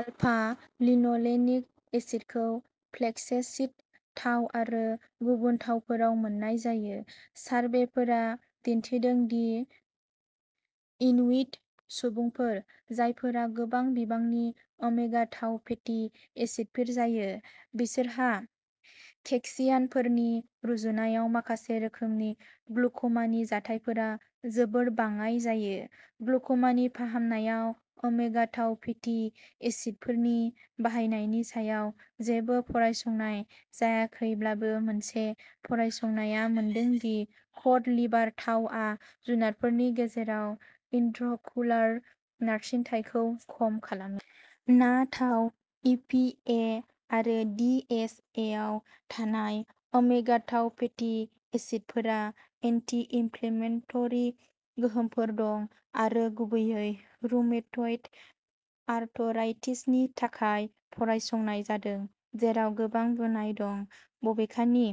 आलफा-लिन'लेनिक एसिडखौ flaxseed थाव आरो गुबुन थावफोराव मोननाय जायो। सारभेफोरा दिन्थिदों दि इनुइट सुबुंफोर, जायफोरा गोबां बिबांनि ओमेगा थाम फेटी एसिडफोर जायो, बिसोरहा ककेशियानफोरनि रुजुनायाव माखासे रोखोमनि ग्लुक'मानि जाथायफोरा जोबोद बाङाइ जायो। ग्लुक'मानि फाहामनायाव ओमेगा थाम फेटी एसिडफोरनि बाहायनायनि सायाव जेबो फरायसंनाय जायाखैब्लाबो मोनसे फरायसंनाया मोनदों दि कड लिभार थाव आ जुनारफोरनि गेजेराव इन्ट्राअकुलार नारसिनथायखौ खम खालामो। ना थाव, ई पी ए आरो डी एच एआव थानाय ओमेगा थाम फेटी एसिडफोरा एन्टि-इनफ्लेमेटरि गोहोमफोर दं आरो गुबैयै रुमेटइड आर्थराइटिसनि थाखाय फरायसंनाय जादों, जेराव गोबां बुनाय दं। बबेखानि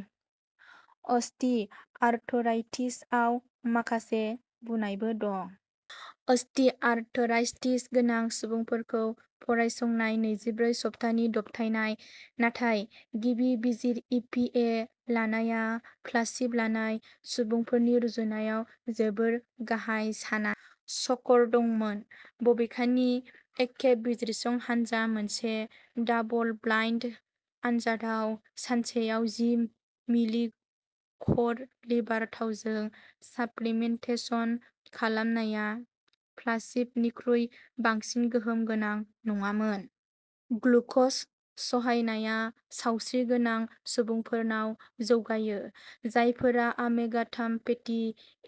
अस्टिआर्थराइटिसआव माखासे बुनायबो दं। अस्टिआर्थराइटिस गोनां सुबुंफोरखौ फरायसंनाय नैजिब्रै सप्तानि दबथायनाय नाथाय गिबि बिजिर इ पि ए लानायआ प्लासिब' लानाय सुबुंफोरनि रुजुनायाव जोबोद गाहाय सानाय स्कर दंमोन। बबेखानि एखे बिजिरसं हानजा मोनसे डाबल-ब्लाइन्ड आन्जादआव सानसेयाव जि मिलि कड लिभार थावजों साप्लिमेन्टेसन खालामनाया प्लासिब'निख्रुइ बांसिन गोहोम गोनां नङामोन। ग्लुक'ज सहायनाया सावस्रिगोनां सुबुंफोरनाव जौगायो, जायफोरा ओमेगा थाम फेटि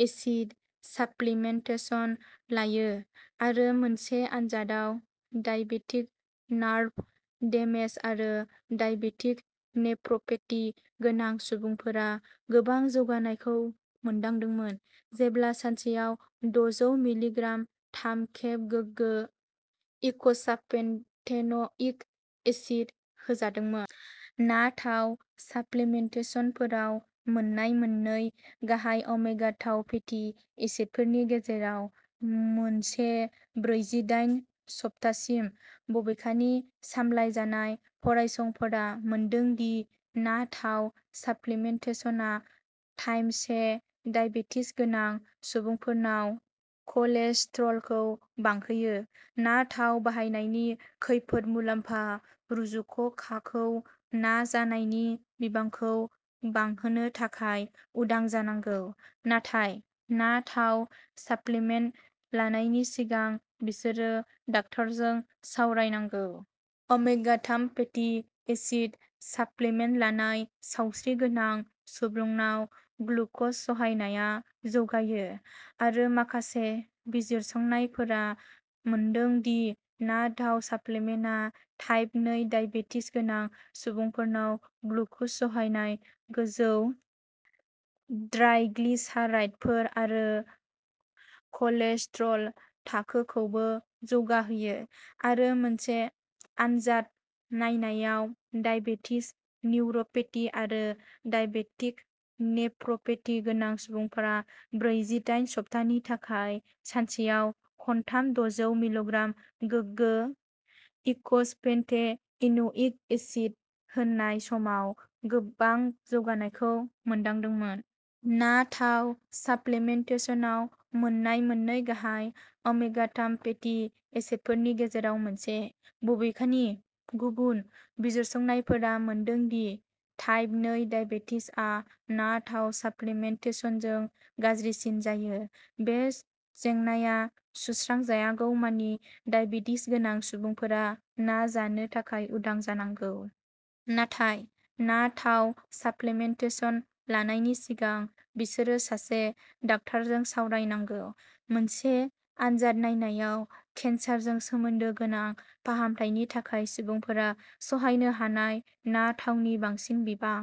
एसिड साप्लिमेन्टेसन लायो। आरो मोनसे आन्जादआव डायबेटिक नार्भ डेमेज आरो डायबेटिक नेफ्र'पेथि गोनां सुबुंफोरा गोबां जौगानायखौ मोनदांदोंमोन जेब्ला सानसेयाव द'जौ मिलिग्राम थाम खेब गोगो इक'सापेनटेन'इक एसिड होजादोंमोन। ना थाव साप्लिमेन्टेसनफोराव मोन्नाय मोननै गाहाय ओमेगा थाम फेटि एसिडफोरनि गेजेराव मोनसे ब्रैजिडाइन सप्तासिम। बबेखानि सामलायजानाय फरायसंफोरा मोनदों दि ना थाव साप्लिमेन्टेसनआ टाइप से डायबेटिस गोनां सुबुंफोरनाव कलेस्ट्रलखौ बांहोयो। ना थाव बाहायनायनि खैफोद-मुलाम्फा रुजुज'खाखौ ना जानायनि बिबांखौ बांहोनो थाखाय उदां जानांगौ, नाथाय ना थाव साप्लिमेन्ट लानायनि सिगां बिसोरो डाक्टारजों सावरायनांगौ। ओमेगा थाम फेटि एसिड साप्लिमेन्ट लानाय सावस्रिगोनां सुबुंनाव ग्लुक'ज सहायनाया जौगायो, आरो माखासे बिजिरसंनायफोरा मोनदों दि ना थाव साप्लिमेन्टेसनआ टाइप नै डाइबेटिस गोनां सुबुंफोरनाव ग्लुक'ज सहायनाय, गोजौ ट्राइग्लिसाराइडफोर आरो कलेस्ट्रल थाखोखौबो जौगाहोयो। आरो मोनसे आन्जाद नायनायाव, डायबेटिक निउर'पेथि आरो डाइबेटिक नेफ्र'पेथि गोनां सुबुंफोरा ब्रैजिडाइन सप्तानि थाखाय सानसेयाव खनथाम द'जौ मिलिग्राम गोगो इक'सेपेन्टेएन'इक एसिड होनाय समाव गोबां जौगानायखौ मोनदांदोंमोन। ना थाव साप्लिमेन्टेसनआव मोन्नाय मोननै गाहाय ओमेगा थाम फेटि एसिडफोरनि गेजेराव मोनसे। बबेखानि गुबुन बिजिरसंनायफोरा मोनदों दि टाइप नै डाइबेटिसआ ना थाव साप्लिमेन्टेसनजों गाज्रिसिन जायो। बे जेंनाया सुस्रांजायागौमानि डाइबेटिस गोनां सुबुंफोरा ना जानो थाखाय उदां जानांगौ। नाथाय ना थाव साप्लिमेन्टेसन लानायनि सिगां बिसोरो सासे डाक्टारजों सावरायनांगौ। मोनसे आन्जाद नायनायाव केन्सारजों सोमोन्दो गोनां फाहामथायनि थाखाय सुबुंफोरा सहायनो हानाय ना थावनि बांसिन बिबां।